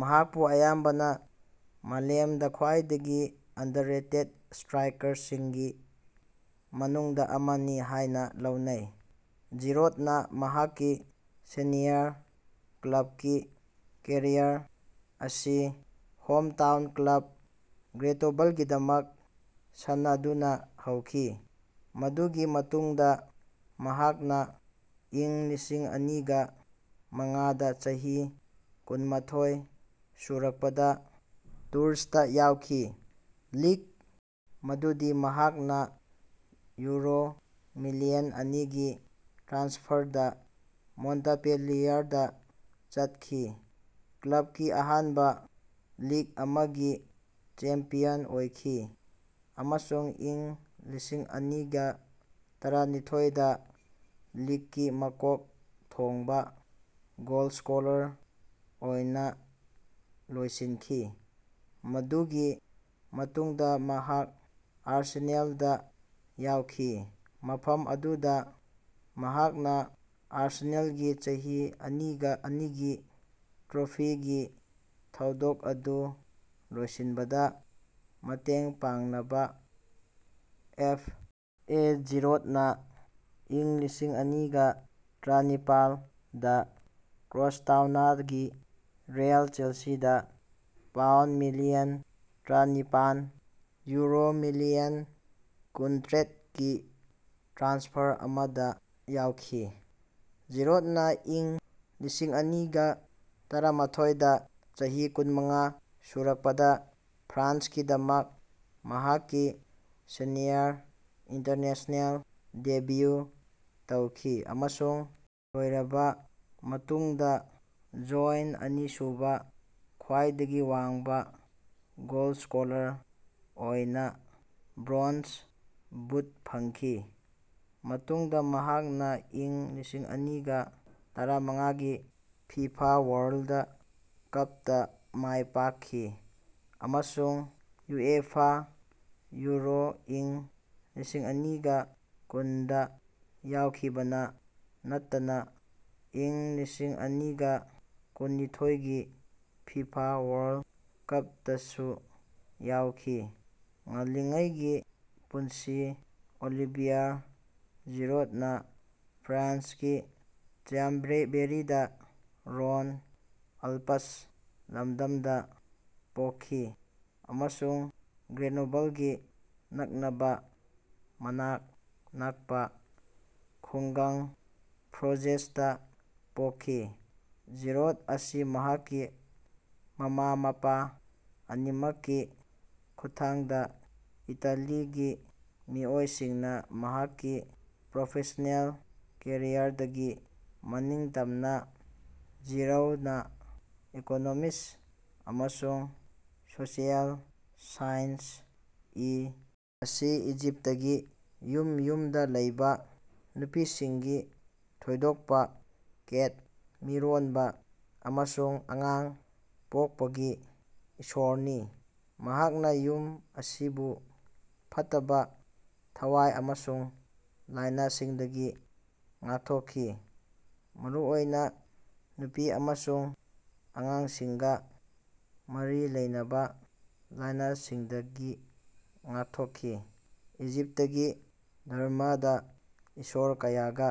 ꯃꯍꯥꯛꯄꯨ ꯑꯌꯥꯝꯕꯅꯥ ꯃꯥꯂꯦꯝꯗꯥ ꯈ꯭ꯋꯥꯏꯗꯒꯤ ꯑꯟꯗꯔꯔꯦꯇꯦꯗ ꯁꯇ꯭ꯔꯥꯏꯀꯔꯁꯤꯡꯒꯤ ꯃꯅꯨꯡꯗꯥ ꯑꯃꯅꯤ ꯍꯥꯏꯅꯥ ꯂꯧꯅꯩ꯫ ꯖꯤꯔꯣꯗꯅꯥ ꯃꯍꯥꯛꯀꯤ ꯁꯦꯅꯤꯌꯔ ꯀ꯭ꯂꯕꯀꯤ ꯀꯦꯔꯤꯌꯔ ꯑꯁꯤ ꯍꯣꯝꯇꯥꯎꯟ ꯀ꯭ꯂꯕ ꯒ꯭ꯔꯦꯅꯣꯕꯜꯒꯤꯗꯃꯛ ꯁꯥꯟꯅꯗꯨꯅꯥ ꯍꯧꯈꯤ, ꯃꯗꯨꯒꯤ ꯃꯇꯨꯡꯗꯥ ꯃꯍꯥꯛꯅꯥ ꯢꯪ ꯂꯤꯁꯤꯡꯑꯅꯤꯒ ꯃꯉꯥꯗꯥ ꯆꯍꯤ ꯀꯨꯟꯃꯊꯣꯢ ꯁꯨꯔꯛꯄꯗꯥ ꯇꯨꯔꯁꯇꯥ ꯌꯥꯎꯈꯤ꯫ ꯂꯤꯒ ꯃꯗꯨꯗꯤ ꯃꯍꯥꯛꯅꯥ ꯌꯨꯔꯣ ꯃꯤꯂꯤꯌꯟ ꯑꯅꯤꯒꯤ ꯇ꯭ꯔꯥꯟꯁꯐꯔꯗꯥ ꯃꯣꯟꯇꯥꯄꯦꯂꯤꯌꯔꯗꯥ ꯆꯠꯈꯤ, ꯀ꯭ꯂꯕꯀꯤ ꯑꯍꯥꯟꯕꯥ ꯂꯤꯒ ꯑꯃꯒꯤ ꯆꯦꯝꯄꯤꯌꯟ ꯑꯣꯏꯈꯤ ꯑꯃꯁꯨꯡ ꯢꯪ ꯂꯤꯁꯤꯡꯑꯅꯤꯒ ꯇꯔꯥꯅꯤꯊꯣꯢꯗꯥ ꯂꯤꯒꯀꯤ ꯃꯀꯣꯛ ꯊꯣꯡꯕꯥ ꯒꯣꯜꯁ꯭ꯀꯣꯔꯔ ꯑꯣꯏꯅꯥ ꯂꯣꯏꯁꯤꯟꯈꯤ꯫ ꯃꯗꯨꯒꯤ ꯃꯇꯨꯡꯗꯥ ꯃꯍꯥꯛ ꯑꯥꯔꯁꯦꯅꯥꯜꯗꯥ ꯌꯥꯎꯈꯤ, ꯃꯐꯝ ꯑꯗꯨꯗꯥ ꯃꯍꯥꯛꯅꯥ ꯑꯥꯔꯁꯦꯅꯥꯜꯒꯤ ꯆꯍꯤ ꯑꯅꯤꯒꯤ ꯇ꯭ꯔꯣꯐꯤꯒꯤ ꯊꯧꯗꯣꯛ ꯑꯗꯨ ꯂꯣꯏꯁꯤꯟꯕꯗꯥ ꯃꯇꯦꯡ ꯄꯥꯡꯅꯕꯥ ꯑꯦꯐ. ꯑꯦ. ꯖꯤꯔꯣꯗꯅꯥ ꯢꯪ ꯂꯤꯁꯤꯡꯑꯅꯤꯒ ꯇꯔꯥꯅꯤꯄꯥꯜ ꯗꯥ ꯀ꯭ꯔꯣꯁꯇꯥꯎꯅꯒꯤ ꯔꯤꯑꯦꯜ ꯆꯦꯜꯁꯤꯗꯥ ꯄꯥꯎꯟꯗ ꯃꯤꯂꯤꯌꯟ ꯇꯔꯥꯅꯤꯄꯥꯟ (ꯌꯨꯔꯣ ꯃꯤꯂꯤꯌꯟ ꯀꯨꯟ. ꯇꯔꯦꯠ)ꯒꯤ ꯇ꯭ꯔꯥꯟꯁꯐꯔ ꯑꯃꯗꯥ ꯌꯥꯎꯈꯤ꯫ ꯖꯤꯔꯣꯗꯅꯥ ꯢꯪ ꯂꯤꯁꯤꯡꯑꯅꯤꯒ ꯇꯔꯥꯃꯊꯣꯢ ꯗꯥ ꯆꯍꯤ ꯀꯨꯟꯃꯉꯥ ꯁꯨꯔꯛꯄꯗꯥ ꯐ꯭ꯔꯥꯟꯁꯀꯤꯗꯃꯛ ꯃꯍꯥꯛꯀꯤ ꯁꯦꯅꯤꯌꯔ ꯏꯟꯇꯔꯅꯦꯁ꯭ꯅꯦꯜ ꯗꯦꯕ꯭ꯌꯨ ꯇꯧꯈꯤ, ꯑꯃꯁꯨꯡ ꯂꯣꯏꯔꯕꯥ ꯃꯇꯨꯡꯗꯥ ꯖꯣꯏꯟꯇ ꯑꯅꯤꯁꯨꯕꯥ ꯈ꯭ꯋꯥꯏꯗꯒꯤ ꯋꯥꯡꯕꯥ ꯒꯣꯜꯁ꯭ꯀꯣꯂꯔ ꯑꯣꯏꯅꯥ ꯕ꯭ꯔꯣꯟꯖ ꯕꯨꯠ ꯐꯪꯈꯤ꯫ ꯃꯇꯨꯡꯗꯥ ꯃꯍꯥꯛꯅꯥ ꯢꯪ ꯂꯤꯁꯤꯡꯑꯅꯤꯒ ꯇꯔꯥꯃꯉꯥꯒꯤ ꯐꯤꯐꯥ ꯋꯥꯔꯜꯗ ꯀꯞꯇꯥ ꯃꯥꯏꯄꯥꯛꯈꯤ, ꯑꯃꯁꯨꯡ ꯌꯨꯑꯦꯐꯥ ꯌꯨꯔꯣ ꯢꯪ ꯂꯤꯁꯤꯡꯑꯅꯤꯒ ꯀꯨꯟꯗꯥ ꯌꯥꯎꯈꯤꯕꯇꯥ ꯅꯠꯇꯅꯥ ꯢꯪ ꯂꯤꯁꯤꯡꯑꯅꯤꯒ ꯀꯨꯟꯅꯤꯊꯣꯢꯒꯤ ꯐꯤꯐꯥ ꯋꯥꯔꯜꯗ ꯀꯄꯇꯥꯁꯨ ꯌꯥꯎꯈꯤ꯫ ꯉꯜꯂꯤꯉꯩꯒꯤ ꯄꯨꯟꯁꯤ ꯑꯣꯂꯤꯚꯤꯌꯥꯔ ꯖꯤꯔꯣꯗꯅꯥ ꯐ꯭ꯔꯥꯟꯁꯀꯤ ꯆ꯭ꯌꯥꯝꯕꯦꯔꯤꯗꯥ ꯔꯣꯟ ꯑꯥꯜꯄꯁ ꯂꯝꯗꯝꯗꯥ ꯄꯣꯛꯈꯤ ꯑꯃꯁꯨꯡ ꯒ꯭ꯔꯦꯅꯣꯕꯜꯒꯥ ꯅꯛꯅꯕꯥ ꯃꯅꯥꯛ ꯅꯛꯄꯥ ꯈꯨꯡꯒꯪ ꯐ꯭ꯔꯣꯖꯦꯁꯇꯥ ꯄꯣꯛꯈꯤ꯫ ꯖꯤꯔꯣꯗ ꯑꯁꯤ ꯃꯍꯥꯛꯀꯤ ꯃꯃꯥ-ꯃꯄꯥ ꯑꯅꯤꯃꯛꯀꯤ ꯈꯨꯠꯊꯥꯡꯗꯥ ꯏꯇꯥꯂꯤꯒꯤ ꯃꯤꯑꯣꯏꯁꯤꯡꯅ꯫ ꯃꯍꯥꯛꯀꯤ ꯄ꯭ꯔꯣꯐꯦꯁ꯭ꯅꯦꯜ ꯀꯦꯔꯤꯌꯔꯗꯒꯤ ꯃꯅꯤꯡꯇꯝꯅꯥ, ꯖꯤꯔꯧꯗꯅꯥ ꯏꯀꯣꯅꯣꯃꯤꯛꯁ ꯑꯃꯁꯨꯡ ꯁꯣꯁꯤꯑꯦꯜ ꯁꯥꯏꯟꯁ (ꯏ. ꯑꯁꯤ ꯏꯖꯤꯞꯇꯀꯤ ꯌꯨꯝ ꯌꯨꯝꯗꯥ ꯂꯩꯕꯥ, ꯅꯨꯄꯤꯁꯤꯡꯒꯤ ꯊꯣꯏꯗꯣꯛꯄꯥ, ꯀꯦꯠ ꯃꯤꯔꯣꯟꯕꯥ ꯑꯃꯁꯨꯡ ꯑꯉꯥꯡ ꯄꯣꯛꯄꯒꯤ ꯏꯁꯣꯔꯅꯤ꯫ ꯃꯍꯥꯛꯅꯥ ꯌꯨꯝ ꯑꯁꯤꯕꯨ ꯐꯠꯇꯕꯥ ꯊꯋꯥꯢ ꯑꯃꯁꯨꯡ ꯂꯥꯢꯅꯥꯁꯤꯡꯗꯒꯤ ꯉꯥꯛꯊꯣꯛꯈꯤ, ꯃꯔꯨꯑꯣꯏꯅꯥ ꯅꯨꯄꯤ ꯑꯃꯁꯨꯡ ꯑꯉꯥꯡꯁꯤꯡꯒꯥ ꯃꯔꯤ ꯂꯩꯅꯕꯥ ꯂꯥꯢꯅꯥꯁꯤꯡꯗꯒꯤ ꯉꯥꯛꯊꯣꯛꯈꯤ꯫ ꯏꯖꯤꯞꯇꯀꯤ ꯙꯔꯝꯃꯥꯗꯥ ꯏꯁꯣꯔ ꯀꯌꯥꯒꯥ